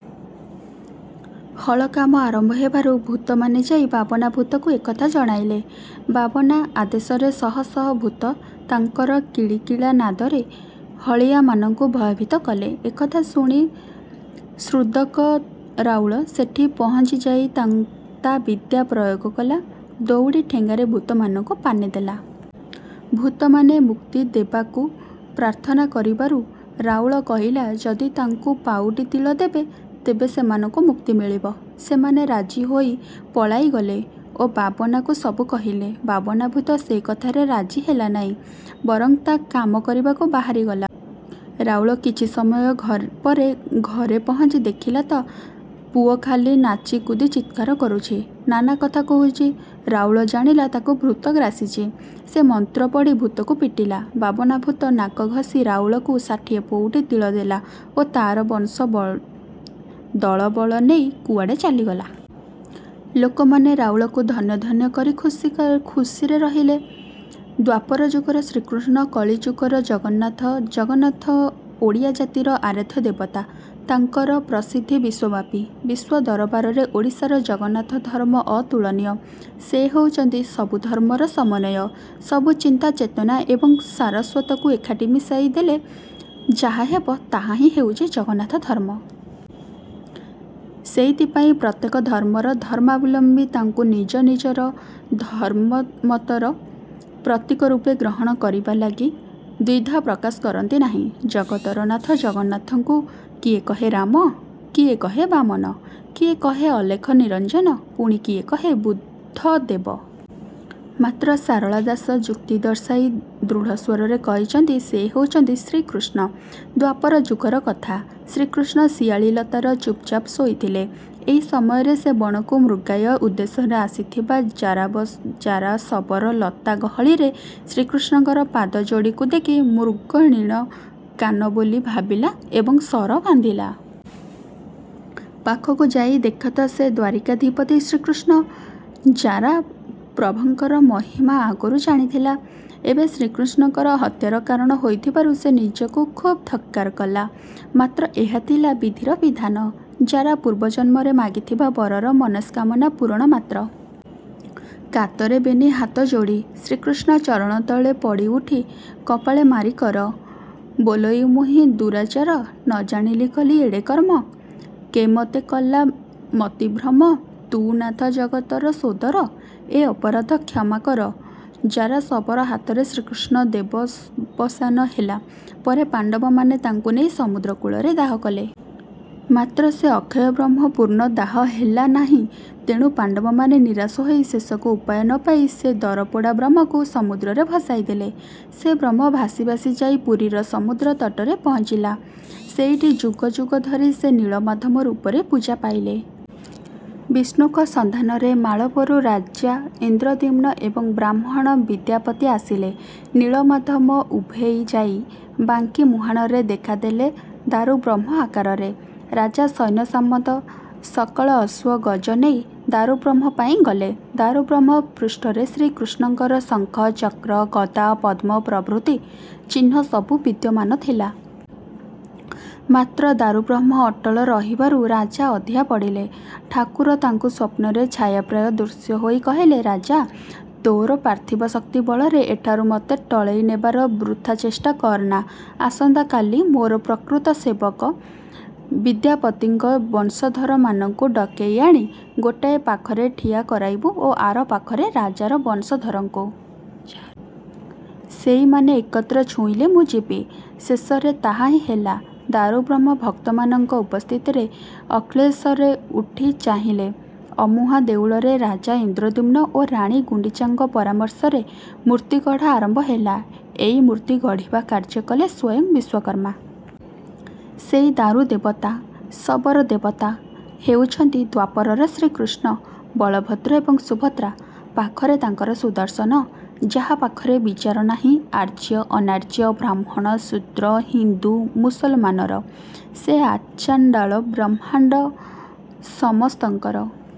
" ହଳ କାମ ଆରମ୍ଭ ହେବାରୁ ଭୁତମାନେ ଯାଇ ବାବନାଭୁତକୁ ଏକଥା ଜଣାଇଲେ। ବାବନା ଆଦେଶରେ ଶହ ଶହ ଭୁତ ତାଙ୍କର କିଳିକିଳା ନାଦରେ ହଳିଆମାନଙ୍କୁ ଭୟଭୀତ କଲେ। ଏକଥା ଶ୍ହୁଣି ଶୁଦ୍ରକ ରାଉଳ ସେଠି ପହଙ୍ଚିଯାଇ ତା ବିଦ୍ୟା ପ୍ରୟୋଗ କଲା, ଦଉଡି ଠେଙ୍ଗାରେ ଭୁତମାନଙ୍କୁ ପାନେ ଦେଲା। ଭୁତମାନେ ମୁକ୍ତିଦେବାକୁ ପ୍ରାର୍ଥନା କରିବାରୁ ରାଉଳ କହିଲା ଯଦି ତାକୁ ପଉଟି ତିଳ ଦେବେ, ତେବେ ସେମାନଙ୍କୁ ମୁକ୍ତି ମିଳିବ। ସେମାନେ ରାଜି ହୋଇ ପଳାଇଗଲେ ଓ ବାବନାକୁ ସବୁ କହିଲେ। ବାବନାଭୁତ ସେ କଥାରେ ରାଜି ହେଲାନାହିଁ, ବରଙ୍ଗ୍ ତା କାମ କରିବାକୁ ବାହାରି ଗଲା। ରାଉଳ କିଛି ସମୟପରେ ଘରେ ପହନ୍ଚି ଦେଖିଲା ତା ପୁଅ ଖାଲି ନାଚିକୁଦି ଚିତ୍କାର କରୁଛି, ନାନା କଥା କହୁଛି। ରାଉଳ ଜାଣିଲା ତାକୁ ଭୁତ ଗ୍ରାସିଛି। ସେ ମନ୍ତ୍ର ପଢ଼ି ଭୁତକୁ ପିଟିଲା। ବାବନାଭୁତ ନାକ ଘଷି ରାଉଳକୁ ଷାଠିଏ ପଉଟି ତିଳ ଦେଲା ଓ ତାର ବଂଶ ଦଳବଳ ନେଇ କୁଅଡେ ଚାଲିଗଲା। ଲୋକମାନେ ରାଉଳକୁ ଧନ୍ୟ ଧନ୍ୟ କରି ଖୁସିରେ ରହିଲେ। ଦ୍ୱାପର ଯୁଗର ଶ୍ରୀକୃଷ୍ଣ କଳିଯୁଗର ଜଗନ୍ନାଥ ଜଗନ୍ନାଥ ଓଡ଼ିଆ ଜାତିର ଆରାଧ୍ୟ ଦେବତା, ତାଙ୍କର ପ୍ରସିଦ୍ଧି ବିଶ୍ୱବ୍ୟାପୀ। ବିଶ୍ୱ ଦରବାରରେ ଓଡ଼ିଶାର ଜଗନ୍ନାଥ ଧର୍ମ ଅତୁଳନୀୟ, ସେ ହେଉଛନ୍ତି ସବୁ ଧର୍ମର ସମନ୍ୱୟ। ସବୁ ଚିନ୍ତା ଚେତନା ଏବଂ ସାରସ୍ୱତକୁ ଏକାଠି ମିଶାଇ ଦେଲେ ଯାହା ହେବ ତାହା ହିଁ ହେଉଛି ଜଗନ୍ନାଥ ଧର୍ମ। ସେଇଥି ପାଇଁ ପ୍ରତ୍ୟେକ ଧର୍ମର ଧର୍ମାବଲମ୍ବୀ ତାଙ୍କୁ ନିଜ ନିଜ ଧର୍ମମତର ପ୍ରତୀକ ରୂପେ ଗ୍ରହଣ କରିବା ଲାଗି ଦ୍ୱିଧା ପ୍ରକଶ କରନ୍ତି ନାହିଁ। ଜଗତର ନାଥ ଜଗନ୍ନାଥଙ୍କୁ କିଏ କହେ 'ରାମ' କିଏ କହେ 'ବାମନ' କିଏ କହେ 'ଅଲେଖ ନିରଞନ' ପୁଣି କିଏ କହେ 'ବୁଦ୍ଧଦେବ'। ମାତ୍ର ଶାରଳା ଦାସ ଯୁକ୍ତି ଦର୍ଶାଇ ଦ୍ରୁଢ ସ୍ୱରରେ କହିଛନ୍ତି, ସେ ହେଉଛନ୍ତି 'ଶ୍ରୀକୃଷ୍ଣ'। ଦ୍ୱାପର ଯୁଗର କଥା। ଶ୍ରୀକୃଷ୍ଣ ଶିଆଳି ଲତାରେ ଚୁପ ଚାପ ଶୋଇଥିଲେ। ଏଇ ସମୟରେ ସେ ବଣକୁ ମୃଗୟା ଉଦ୍ଦେଶ୍ୟରେ ଆସିଥିବା ଜାରାଶବର ଲତା ଗହଳିରେ ଶ୍ରୀକୃଷ୍ଣର ପାଦ ଯୋଡିକୁ ଦେଖି ମୃଗୁଣୀର କାନ ବୋଲି ଭାବିଲା ଏବଂ ଶର ବିନ୍ଧିଲା। ପାଖକୁ ଯାଇ ଦେଖେ ତ ସେ ଦ୍ୱାରିକାଧିପତି ଶ୍ରୀକୃଷ୍ଣ। ଜାରା ପ୍ରଭଙ୍କର ମହିମା ଆଗରୁ ଜାଣିଥିଲା, ଏବେ ଶ୍ରୀକୃଷ୍ଣଙ୍କର ହତ୍ୟାର କାରଣ ହୋଇଥିବାରୁ ସେ ନିଜକୁ ଖୁବ ଧିକ୍କାର କଲା। ମାତ୍ର ଏହା ଥିଲା ବିଧିର ବିଧାନ ଜାରା ପୁର୍ବ ଜନ୍ମରେ ମାଗିଥିବା ବରର ମନସ୍କାମନା ପୁରଣ ମାତ୍ର। "କାତରେ ବେନି ହାତ ଯୋଡି, କୃଷ୍ଣଙ୍କ ଚରଣ ତଳେ ପଡି ଉଠି କପାଳେ ମାରି କର, ବୋଲଇ ମୁହିଁ ଦୁରାଚାର ନ ଜାଣି କଲି ଏଡେ କର୍ମ, କେ ମତେ କଲା ମତିଭ୍ରମ ତୁ ନାଥ ଜଗତ ସୋଦର, ଏ ଅପରାଧ କ୍ଷମା କର" ଜାରାଶବର ହାତରେ ଶ୍ରୀକୃଷ୍ଣଙ୍କ ଦେହବସାନ ହେଲା ପରେ ପାଣ୍ଡବମାନେ ତାଙ୍କୁ ନେଇ ସମୁଦ୍ର କୁଳରେ ଦାହ କଲେ। ମାତ୍ର ସେ ଅକ୍ଷୟ ବ୍ରହ୍ମ ପୂର୍ଣ୍ଣ ଦାହ ହେଲା ନାହ୍ହି ତେଣୁ ପାଣ୍ଡବମାନେ ନିରାଶ ହୋଇ ଶେଷକୁ ଉପାୟ ନପାଇ ସେଇ ଦରପୋଡା ବ୍ରହ୍ମକୁ ସମୁଦ୍ରରେ ଭସାଇ ଦେଲେ। ସେ ବ୍ରହ୍ମ ଭାସି ଭାସି ଯାଇ ପୁରୀର ସମୁଦ୍ର ତଟରେ ପହନ୍ଚିଲା। ସେଇଠି ଯୁଗ ଯୁଗ ଧରି ସେ ନୀଳମାଧବ ରୁପରେ ପୂଜା ପାଇଲେ। ବିଷ୍ଣୁଙ୍କ ସନ୍ଧାନରେ ମାଳବରୁ ରାଜା ଇନ୍ଦ୍ରଦ୍ୟୁମ୍ନ ଏବଂ ବ୍ରାହ୍ମଣ ବିଦ୍ୟାପତି ଆସିଲେ। ନୀଳମାଧବ ଉଭେଇ ଯାଇ ବାଙ୍କି ମୁହାଣରେ ଦେଖା ଦେଲେ ଦାରୁବ୍ରହ୍ମ ଆକାରରେ। ରାଜା ସୈନ୍ୟସାମନ୍ତ, ସକଳ ଅଶ୍ୱ ଗଜ ନେଇ "ଦାରୁବ୍ରହ୍ମ" ପାଇଁ ଗଲେ। ଦାରୁବ୍ରହ୍ମ ପ୍ରୁଷ୍ଠରେ ଶ୍ରୀକୃଷ୍ଣଙ୍କର ଶଙ୍ଖ, ଚକ୍ର, ଗଦା, ପଦ୍ମ ପ୍ରଭୃତି ଚିହ୍ଣ ସବୁ ବିଦ୍ୟମାନ ଥିଲା। ମାତ୍ର ଦାରୁବ୍ରହ୍ମ ଅଟଳ ରହିବାରୁ ରାଜା ଅଧିଆ ପଡିଲେ। ଠାକୁର ତାଙ୍କୁ ସ୍ୱପ୍ନରେ ଛାୟାପ୍ରାୟ ଦୃଶ୍ୟ ହୋଇ କହିଲେ "ରାଜା, ତୋର ପାର୍ଥିବ ଶକ୍ତି ବଳରେ ଏଠାରୁ ମୋତେ ଟଳେଇ ନେବାର ବୃଥା ଚେଷ୍ଟା କରନା। ଆସନ୍ତା କାଲି ମୋର ପ୍ରକୃତ ସେବକ ବିଦ୍ୟାପତିଙ୍କର ବଂଶଧରମାନଙ୍କୁ ଡକେଇ ଆଣି ଗୋଟିଏ ପାଖରେ ଠିଆ କରାଇବୁ ଓ ଆର ପାଖରେ ଜାରାର ବଂଶଧରଙ୍କୁ। ସେଇମାନେ ଏକତ୍ର ଛୁଇଁଲେ ମୁଁ ଯିବି"। ଶେଷରେ ତାହା ହି ହେଲା। ଦାରୁବ୍ରହ୍ମ ଭକ୍ତମାନଙ୍କ ଉପସ୍ଥିତିରେ ଅକ୍ଳେଶରେ ଉଠି ଚାଲିଲେ। ଅମୁହାଁ ଦେଉଳରେ ରାଜା ଇନ୍ଦ୍ରଦ୍ୟୁମ୍ନ ଓ ରାଣୀ ଗୁଣ୍ଡିଚାଙ୍କ ପରାମର୍ଶରେ ମୂର୍ତ୍ତୀଗଢା ଆରମ୍ଭ ହେଲା। ଏଇ ମୂର୍ତ୍ତୀ ଗଢିବା କାର୍ଯ଼୍ୟ କଲେ ସ୍ୱୟଂ ବିଶ୍ୱକର୍ମା। ସେଇ ଦାରୁ ଦେବତା।।। ଶବର ଦେବତା।।। ହେଉଛନ୍ତି ଦ୍ୱାପରର ଶ୍ରୀକୃଷ୍ଣ ବଳଭଦ୍ର ଏବଂ ସୁଭଦ୍ରା! ପାଖରେ ତାଙ୍କର ସୁଦର୍ଶନ। ଯାହା ପାଖରେ ବିଚାର ନାହିଁ ଆର୍ଯ଼୍ୟ, ଅନାର୍ଯ଼୍ୟ, ବ୍ରାହ୍ମଣ, ଶୁଦ୍ର, ହିନ୍ଦୁ, ମୁସଲମାନର। ସେ ଆଚାଣ୍ଡାଳ ବ୍ରାହ୍ମଣ ସମସ୍ତଙ୍କର।